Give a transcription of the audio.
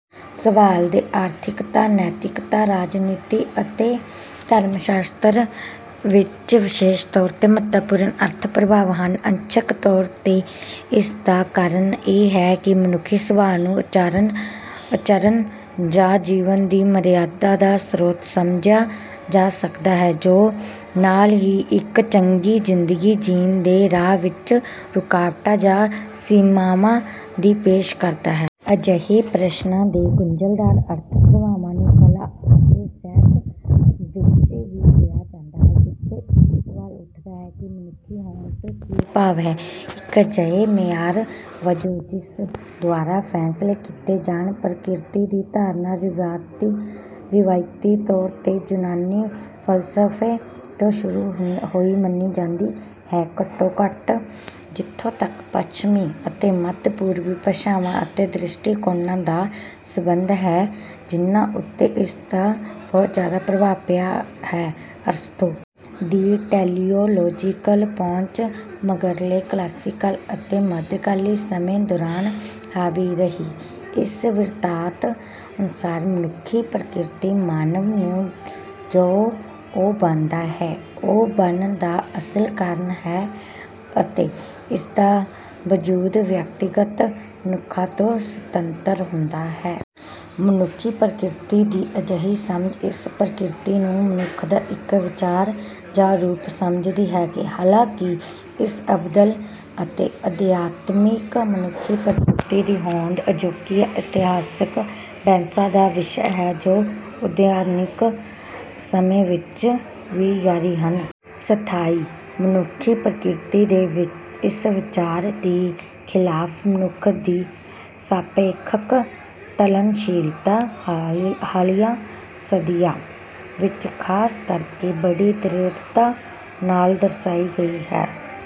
ਸਵਾਲ ਦੇ ਆਰਥਿਕਤਾ, ਨੈਤਿਕਤਾ, ਰਾਜਨੀਤੀ ਅਤੇ ਧਰਮ ਸ਼ਾਸਤਰ ਵਿੱਚ ਵਿਸ਼ੇਸ਼ ਤੌਰ 'ਤੇ ਮਹੱਤਵਪੂਰਨ ਅਰਥ-ਪ੍ਰਭਾਵ ਹਨ। ਅੰਸ਼ਕ ਤੌਰ 'ਤੇ ਇਸ ਦਾ ਕਾਰਨ ਇਹ ਹੈ ਕਿ ਮਨੁੱਖੀ ਸੁਭਾਅ ਨੂੰ ਆਚਰਣ ਜਾਂ ਜੀਵਨ ਦੀ ਮਰਿਆਦਾ ਦਾ ਸਰੋਤ ਸਮਝਿਆ ਜਾ ਸਕਦਾ ਹੈ, ਜੋ ਨਾਲ ਹੀ ਇੱਕ ਚੰਗੀ ਜ਼ਿੰਦਗੀ ਜੀਣ ਦੇ ਰਾਹ ਵਿੱਚ ਰੁਕਾਵਟਾਂ ਜਾਂ ਸੀਮਾਵਾਂ ਵੀ ਪੇਸ਼ ਕਰਦਾ ਹੈ। ਅਜਿਹੇ ਪ੍ਰਸ਼ਨਾਂ ਦੇ ਗੁੰਝਲਦਾਰ ਅਰਥ-ਪ੍ਰਭਾਵਾਂ ਨੂੰ ਕਲਾ ਅਤੇ ਸਾਹਿਤ ਵਿੱਚ ਵੀ ਲਿਆ ਜਾਂਦਾ ਹੈ, ਜਿੱਥੇ ਇਹ ਸਵਾਲ ਉੱਠਦਾ ਹੈ ਕਿ "ਮਨੁੱਖੀ ਹੋਣ" ਤੋਂ ਕੀ ਭਾਵ ਹੈ। ਇੱਕ ਅਜਿਹੇ ਮਿਆਰ ਵਜੋਂ, ਜਿਸ ਦੁਆਰਾ ਫ਼ੈਸਲੇ ਕੀਤੇ ਜਾਣ, ਪ੍ਰਕਿਰਤੀ ਦੀ ਧਾਰਨਾ ਰਵਾਇਤੀ ਤੌਰ 'ਤੇ ਯੂਨਾਨੀ ਫ਼ਲਸਫ਼ੇ ਤੋਂ ਸ਼ੁਰੂ ਹੋਈ ਮੰਨੀ ਜਾਂਦੀ ਹੈ ਘੱਟੋ-ਘੱਟ ਜਿੱਥੋਂ ਤੱਕ ਪੱਛਮੀ ਅਤੇ ਮੱਧ-ਪੂਰਬੀ ਭਾਸ਼ਾਵਾਂ ਅਤੇ ਦ੍ਰਿਸ਼ਟੀਕੋਣਾਂ ਦਾ ਸੰਬੰਧ ਹੈ, ਜਿਨ੍ਹਾਂ ਉੱਤੇ ਇਸ ਦਾ ਬਹੁਤ ਜ਼ਿਆਦਾ ਪ੍ਰਭਾਵ ਪਿਆ ਹੈ। ਅਰਸਤੂ ਦੀ ਟੈਲੀਓਲੋਜੀਕਲ ਪਹੁੰਚ ਮਗਰਲੇ ਕਲਾਸੀਕਲ ਅਤੇ ਮੱਧਕਾਲੀ ਸਮੇਂ ਦੌਰਾਨ ਹਾਵੀ ਰਹੀ। ਇਸ ਬਿਰਤਾਂਤ ਅਨੁਸਾਰ, ਮਨੁੱਖੀ ਪ੍ਰਕਿਰਤੀ ਮਾਨਵ ਨੂੰ ਜੋ ਉਹ ਬਣਦਾ ਹੈ, ਉਹ ਬਣਨ ਦਾ ਅਸਲ ਕਾਰਨ ਹੈ, ਅਤੇ ਇਸ ਦਾ ਵਜੂਦ ਵਿਅਕਤੀਗਤ ਮਨੁੱਖਾਂ ਤੋਂ ਸੁਤੰਤਰ ਹੁੰਦਾ ਹੈ। ਮਨੁੱਖੀ ਪ੍ਰਕਿਰਤੀ ਦੀ ਅਜਿਹੀ ਸਮਝ ਇਸ ਪ੍ਰਕਿਰਤੀ ਨੂੰ ਮਨੁੱਖ ਦਾ ਇੱਕ "ਵਿਚਾਰ" ਜਾਂ "ਰੂਪ" ਸਮਝਦੀ ਹੈ। ਹਾਲਾਂਕਿ, ਇਸ ਅਬਦਲ ਅਤੇ ਅਧਿਆਤਮਿਕ ਮਨੁੱਖੀ ਪ੍ਰਕਿਰਤੀ ਦੀ ਹੋਂਦ ਅਜੋਕੀਆਂ ਇਤਿਹਾਸਕ ਬਹਿਸਾਂ ਦਾ ਵਿਸ਼ਾ ਹੈ, ਜੋ ਆਧੁਨਿਕ ਸਮੇਂ ਵਿੱਚ ਵੀ ਜਾਰੀ ਹਨ। ਸਥਾਈ ਮਨੁੱਖੀ ਪ੍ਰਕਿਰਤੀ ਦੇ ਇਸ ਵਿਚਾਰ ਦੇ ਖ਼ਿਲਾਫ਼, ਮਨੁੱਖ ਦੀ ਸਾਪੇਖਕ ਢਲਣਸ਼ੀਲਤਾ ਹਾਲੀਆ ਸਦੀਆਂ ਵਿੱਚ ਖ਼ਾਸ ਕਰਕੇ ਬੜੀ ਦ੍ਰਿੜਤਾ ਨਾਲ ਦਰਸਾਈ ਗਈ ਹੈ।